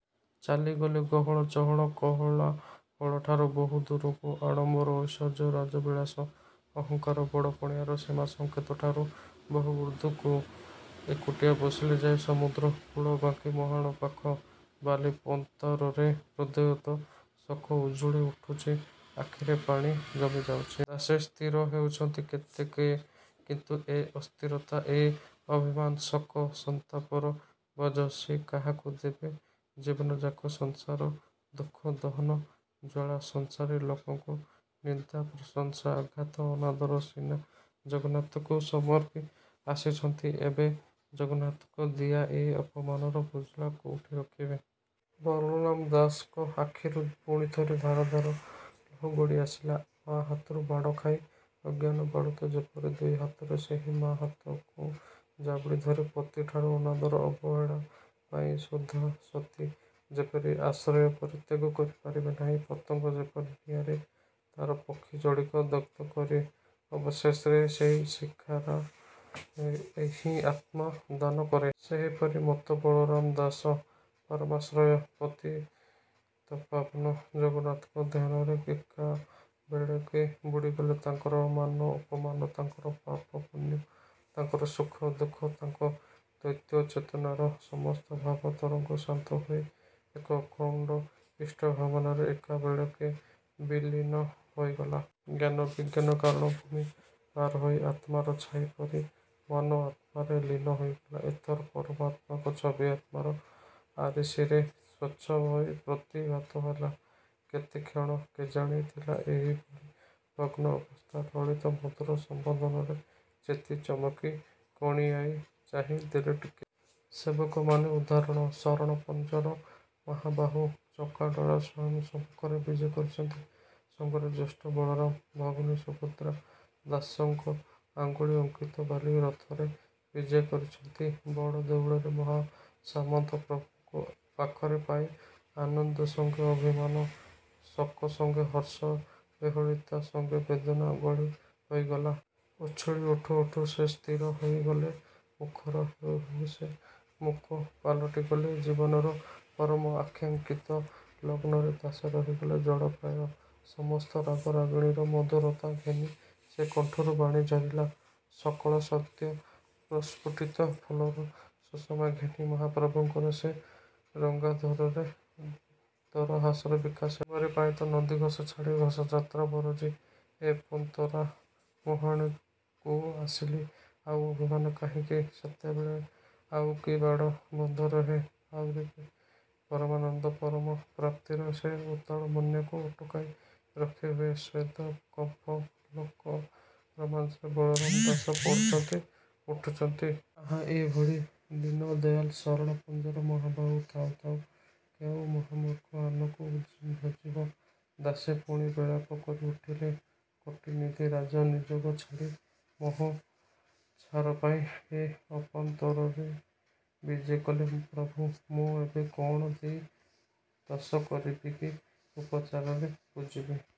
ଚାଲିଗଲେ ଗହଳ ଚହଳ କୋଳାହଳଠାରୁ, ବହୁ ଦୂରକୁ। ଆଡ଼ମ୍ବର ଐଶ୍ୱର୍ଯ୍ୟର ରାଜସ ବିଳାସ, ଅହଂକାର ବଡ଼ପଣିଆର ସୀମା ସଂକେତ ଠାରୁ ବହୁ ଊର୍ଦ୍ଧ୍ୱକୁ। ଏକୁଟିଆ ବସିଲେ ଯାଇ ସମୁଦ୍ର କୂଳ, ବାଙ୍କି ମୁହାଣ ପାଖ, ବାଲି ପନ୍ତାରରେ। ହୃଦୟରେ ତ ଶୋକ ଉଚ୍ଛୁଳି ଉଠୁଛି ଆଖିରେ ପାଣି ଜମି ଯାଉଛି। ଦାଶେ ସ୍ଥିର ହେଉଛନ୍ତି କେତେକେ। କିନ୍ତୁ ଏ ଅସ୍ଥିରତା ଏ ଅଭିମାନ, ଶୋକ। ସନ୍ତାପର ବୋଝ ସେ କାହାକୁ ଦେବେ। ଜୀବନଯାକ ସଂସାର ଦୁଃଖ ଦହନ ଜ୍ୱାଳା, ସଂସାରୀ ଲୋକଙ୍କ ନିନ୍ଦା ପ୍ରଶଂସା ଆଘାତ, ଅନାଦର ସିନା ଜଗନ୍ନାଥଙ୍କୁ ସମର୍ପି ଆସିଛନ୍ତି, ଏବେ ଜଗନ୍ନାଥଙ୍କ ଦିଆ, ଏ ଅପମାନର ବୁଜୁଳା କୋଉଠି ରଖିବେ? ବଳରାମ ଦାସଙ୍କ ଆଖିରୁ ପୁଣିଥରେ, ଧାର ଧାର ଲୁହ ଗଡ଼ି ଆସିଲା। ମାଆ ହାତରୁ ମାଡ଼ ଖାଇ ଅଜ୍ଞାନ ବାଳୁତ ଯେପରି ଦୁଇ ହାତରେ ସେହି ମା'ହାତକୁ ଜାବୁଡ଼ି ଧରେ, ପତିଠାରୁ ଅନାଦର, ଅବହେଳା ପାଇ ସୁଦ୍ଧା ସତୀ ଯେପରି ସେ ଆଶ୍ରୟ ପରିତ୍ୟାଗ କରିପାରେ ନାହିଁ, ପତଙ୍ଗ ଯେପରି ନିଆଁରେ ତା'ର ପକ୍ଷୀ ଯୋଡ଼ିକ ଦଗ୍ଧ କରି ଅବଶେଷରେ ସେଇ ଶିଖାରେ ହିଁ ଆତ୍ମା ଦାନ କରେ। ସେହିପରି ମତ୍ତ ବଳରାମ ଦାସ ପରମାଶ୍ରୟ ପତିତପାବନ ଜଗନ୍ନାଥଙ୍କ ଧ୍ୟାନରେ ଏକାବେଳକେ ବୁଡ଼ିଗଲେ। ତାଙ୍କର ମାନ, ଅପମାନ, ତାଙ୍କର ପାପପୁଣ୍ୟ, ତାଙ୍କର ସୁଖ, ଦୁଃଖ ତାଙ୍କ ଦୈତ୍ୟ ଚେତନାର ସମସ୍ତ ଭାବ ତରଙ୍ଗ ଶାନ୍ତ ହୋଇ ଏକ ଅଖଣ୍ଡ ଇଷ୍ଟ ଭାବନାରେ ଏକାବେଳକେ ବିଲୀନ ହୋଇଗଲା। ଜ୍ଞାନ ବିଜ୍ଞାନ କାରଣ ଭୂମି ପାର ହୋଇ, ଆତ୍ମାର ଛାଇ ପରି, ମନ ଆତ୍ମାରେ ଲୀନ ହୋଇଗଲା। ଏଥର ପରମାତ୍ମାଙ୍କ ଛବି ଆତ୍ମାର ଆରିସିରେ ସ୍ୱଚ୍ଛ ହୋଇ ପ୍ରତିଭାତ ହେଲା -। କେତେକ୍ଷଣ କେଜାଣି ଥିଲା ଏହିଭଳି ମଗ୍ନ ଅବସ୍ଥା? ଲଳିତ ମଧୂର ସମ୍ବୋଧନରେ ଚେତି, ଚମକି କଣିୟାଇ ଚାହିଁ ଦେଲେ ଟିକେ। ସେବକ ମାନ ଉଦ୍ଧାରଣ, ଶରଣପଞ୍ଜର ମହାବାହୁ ଚକାଡ଼ୋଳା ସ୍ଵୟଂ ସମ୍ମୁଖରେ ବିଜେ କରିଛନ୍ତି ସଙ୍ଗରେ ଜ୍ୟେଷ୍ଠ ବଳରାମ, ଭଗ୍ନୀ ସୁଭଦ୍ରା। ଦାସଙ୍କ ଅଙ୍ଗୁଳି ଅଙ୍କିତ ବାଲି ରଥରେ ବିଜେ କରିଛନ୍ତି, ବଡ଼ ଦେଉଳର ମହାସାମନ୍ତ। ପ୍ରଭୁଙ୍କୁ ପାଖରେ ପାଇ ଆନନ୍ଦ ସଙ୍ଗେ ଅଭିମାନ, ଶୋକସଙ୍ଗେ ହର୍ଷ, ବିହ୍ୱଳିତା ସଙ୍ଗେ ବେଦନା ଗୋଳି ହୋଇଗଲା। ଉଛୁଳି ଉଠୁ ଉଠୁ ସେ ସ୍ଥିର, ହୋଇ ଗଲେ। ମୁଖର ହେଉ ହେଉ ସେ ମୁକ ପାଲଟି ଗଲେ। ଜୀବନର ପରମ ଆକାକ୍ଷିଂତ ଲଗ୍ନରେ ଦାସେ ରହିଗଲେ ଜଡ଼ ପ୍ରାୟ। ସମସ୍ତ ରାଗ ରାଗିଣୀର, ମଧୁରତା ଘେନି ସେ କଣ୍ଠରୁ ବାଣୀ ଝରିଲା। ସକଳ ସଦ୍ୟ ପ୍ରସ୍ଫୁଟିତ ଫୁଲର ସୁଷମା ଘେନି, ମହାପ୍ରଭୁଙ୍କର ସେ ରଙ୍ଗାଧରରେ ଦରହାସର ବିକାଶ ହେଲା। ''ତୁମରି ପାଇଁତ ନନ୍ଦିଘୋଷ ଛାଡ଼ି, ଘୋଷଯାତ୍ରା ବରଜି, ଏ ଅପନ୍ତରା ମୁହାଣକୁ ଆସିଲି। ଆଉ ଅଭିମାନ କାହିଁକି? '' ସେତେବେଳେ ଆଉକି ବାଡ଼ ବନ୍ଧ ରହେ? ଆଉକି ପରମାନନ୍ଦ, ପରମ ପ୍ରାପ୍ତିର ସେ ଉତ୍ତାଳ ବନ୍ୟାକୁ ଅଟକାଇ ରଖିହୁଏ। ସ୍ୱେଦ, କମ୍ପ, ପୁଲକ, ରୋମାଞ୍ଚରେ ବଳରାମ ଦାସ ପଢ଼ୁଛନ୍ତି, ଉଠୁଛନ୍ତି। ଆହା ଏ ଭଳି ଦୀନ ଦୟାଲ ଶରଣ ପଞ୍ଜର ମହାବାହୁ ଥାଉ ଥାଉ କେଉଁ ମହାମୂର୍ଖ ଆନକୁ ଭଜିବ? ଦାଶେ ପୁଣି ବିଳାପ କରି ଉଠିଲେ, କୋଟିନିଧି ରାଜ ନିଯୋଗ ଛାଡ଼ି ମୋହ ଛାର ପାଇଁ ଏ ଅପନ୍ତରାରେ ବିଜେକଲ ପ୍ରଭୁ। ମୁଁ ଏବେ କ'ଣ ଦେଇ ତୋଷ କରିବି କି ଉପଚାରରେ ପୂଜିବି